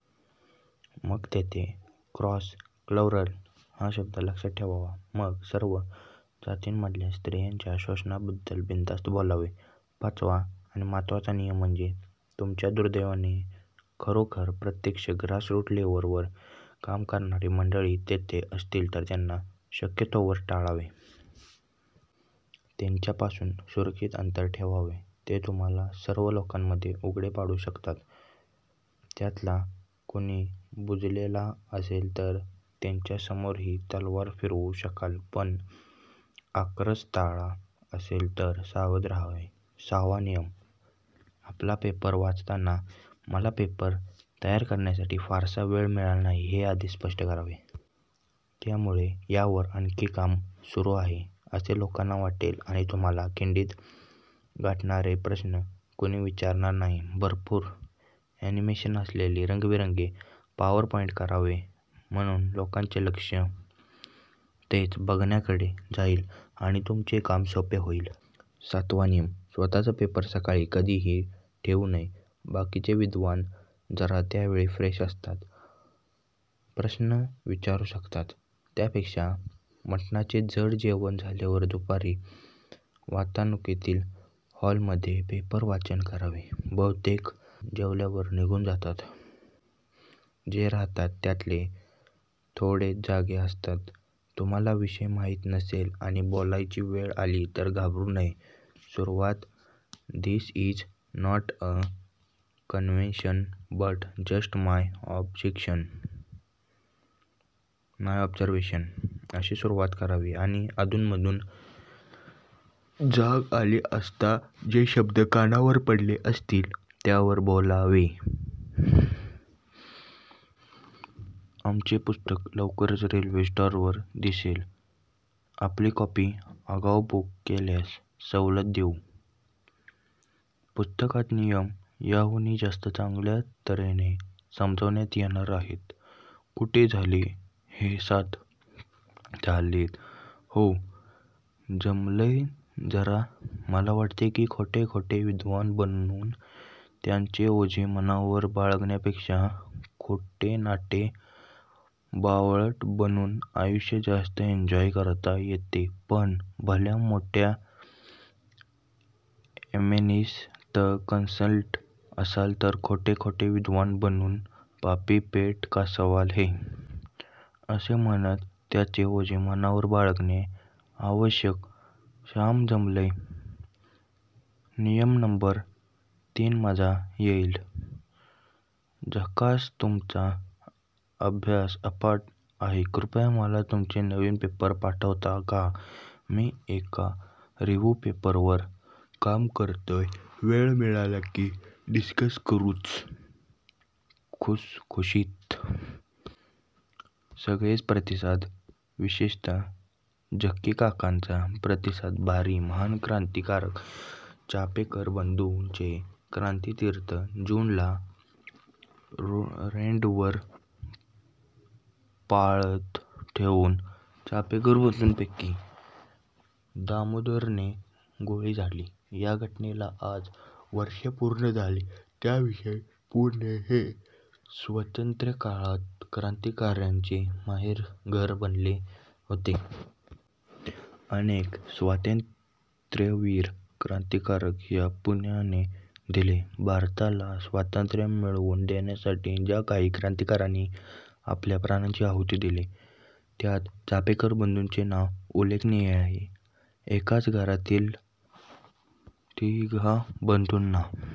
तेथे 'cross cultural हा शब्द लक्षात ठेवावा. मग सर्व जातींमधल्या स्त्रीयांच्या शोषणाबद्दल बिनधास्त बोलावे. पाचवा आणि महत्त्वाचा नियम म्हणजे तुमच्या दुर्दैवाने खरोखर प्रत्यक्ष ग्रासरूट लेव्हलवर काम करणारी मंडळी तेथे असतील तर त्यांना शक्यतोवर टाळावे. त्यांच्यापासून सुरक्षित अंतर ठेवावे. ते तुम्हाला सर्व लोकांमध्ये उघडे पाडू शकतात. त्यातला कुणी बुजलेला असेल तर त्याच्यासमोरही तलवार फिरवू शकाल पण आक्रस्ताळा असेल तर सावध राहावे. सहावा नियम, आपला पेपर वाचताना मला पेपर तयार करण्यासाठी फारसा वेळ मिळाला नाही हे आधी स्पष्ट करावे. त्यामुळे यावर आणखी काम सुरु आहे असे लोकांना वाटेल आणि तुम्हाला खिंडीत गाठणारे प्रश्न कुणी विचारणार नाही. भरपूर अॅनिमेशन असलेले रंगिबेरंगी पॉवरपॉईंट करावे म्हणजे लोकांचे लक्ष तेच बघण्याकडे जाईल आणि तुमचे काम सोपे होईल. सातवा नियम, स्वतःचा पेपर सकाळी कधिही ठेऊ नये. बाकीचे विद्वान जरा त्यावेळी फ्रेश असतात. प्रश्न विचारु शकतात. त्यापेक्षा मटणाचे जड जेवण झाल्यावर दुपारी वातानुकूलित हॉलमध्ये पेपर वाचन करावे. बहुतेक जण जेवल्यावर निघुन जातात. जे राहतात त्यातले थोडेच जागे असतात. तुम्हाला विषय माहीत नसेल आणि बोलायची वेळ आली तरी घाबरु नये. सुरुवात "this is not a question but just my observations.. " अशी सुरुवात करावी आणि अधून मधून जाग आली असता जे शब्द कानावर पडले असतील त्यावर बोलावे. आमचे पुस्तक लवकरच रेल्वे स्टॉलवर दिसेल. आपली कॉपी आगाऊ बुक केल्यास सवलत देऊ. पुस्तकात नियम याहूनही जास्त चांगल्या तर्हेने समजवण्यात येणार आहेत. कुठे.. झाले हेसात झालेत हो. जमलंयजरा, मला वाटते की खोटे खोटे विद्वान बनून त्याचे ओझे मनावर बाळगण्यापेक्षा खोटेनाटे बावळट बनून आयुष्य जास्त एंजॉय करता येतेपण भल्या मोठ्या एमेन्सि त कन्सल्टंट असाल तर खोटे खोटे विद्वान बनून, पापी पेट का सवाल है!, असे म्हणत त्याचे ओझे मनावर बाळगणे आवश्यक. छाम जमलंय. नियम नंबर तीनमजा येईल. झकासतुमचा अभ्यास अफाट आहेकृपया मला तुमचे नविन पेपर पाठवता का? मि एका रिव्ह्यु पेपरवर काम करतोय, वेळ मिळाला कि डिस्कस करुच+ खुसखुशीत! सगळेच प्रतिसाद विशेषतः झक्की काकांचा प्रतिसाद भारी महान क्रांतिकाराक चापेकर बंधूंचे 'क्रांतितीर्थ' जून ला रँडवर पाळत ठेवून चापेकर बंधूंपैकी दामोदरने गोळी झाडली. या घटनेला आज वर्षे पूर्ण झाली. त्या विषयी.. पुणे हे स्वातंत्र्यकाळात क्रांतिकाराकांचे माहेरघर बनले होते. अनेक स्वातंत्र्यवीर, क्रांतिकारक या पुण्याने दिले. भारताला स्वातंत्र्य मिळवून देण्यासाठी ज्या काही क्रांतिकारांनी आपल्या प्राणांची आहुती दिली त्यात चापेकर बंधूंचे नाव उल्लेखनीय आहे. एकाच घरातील तिघा बंधुंना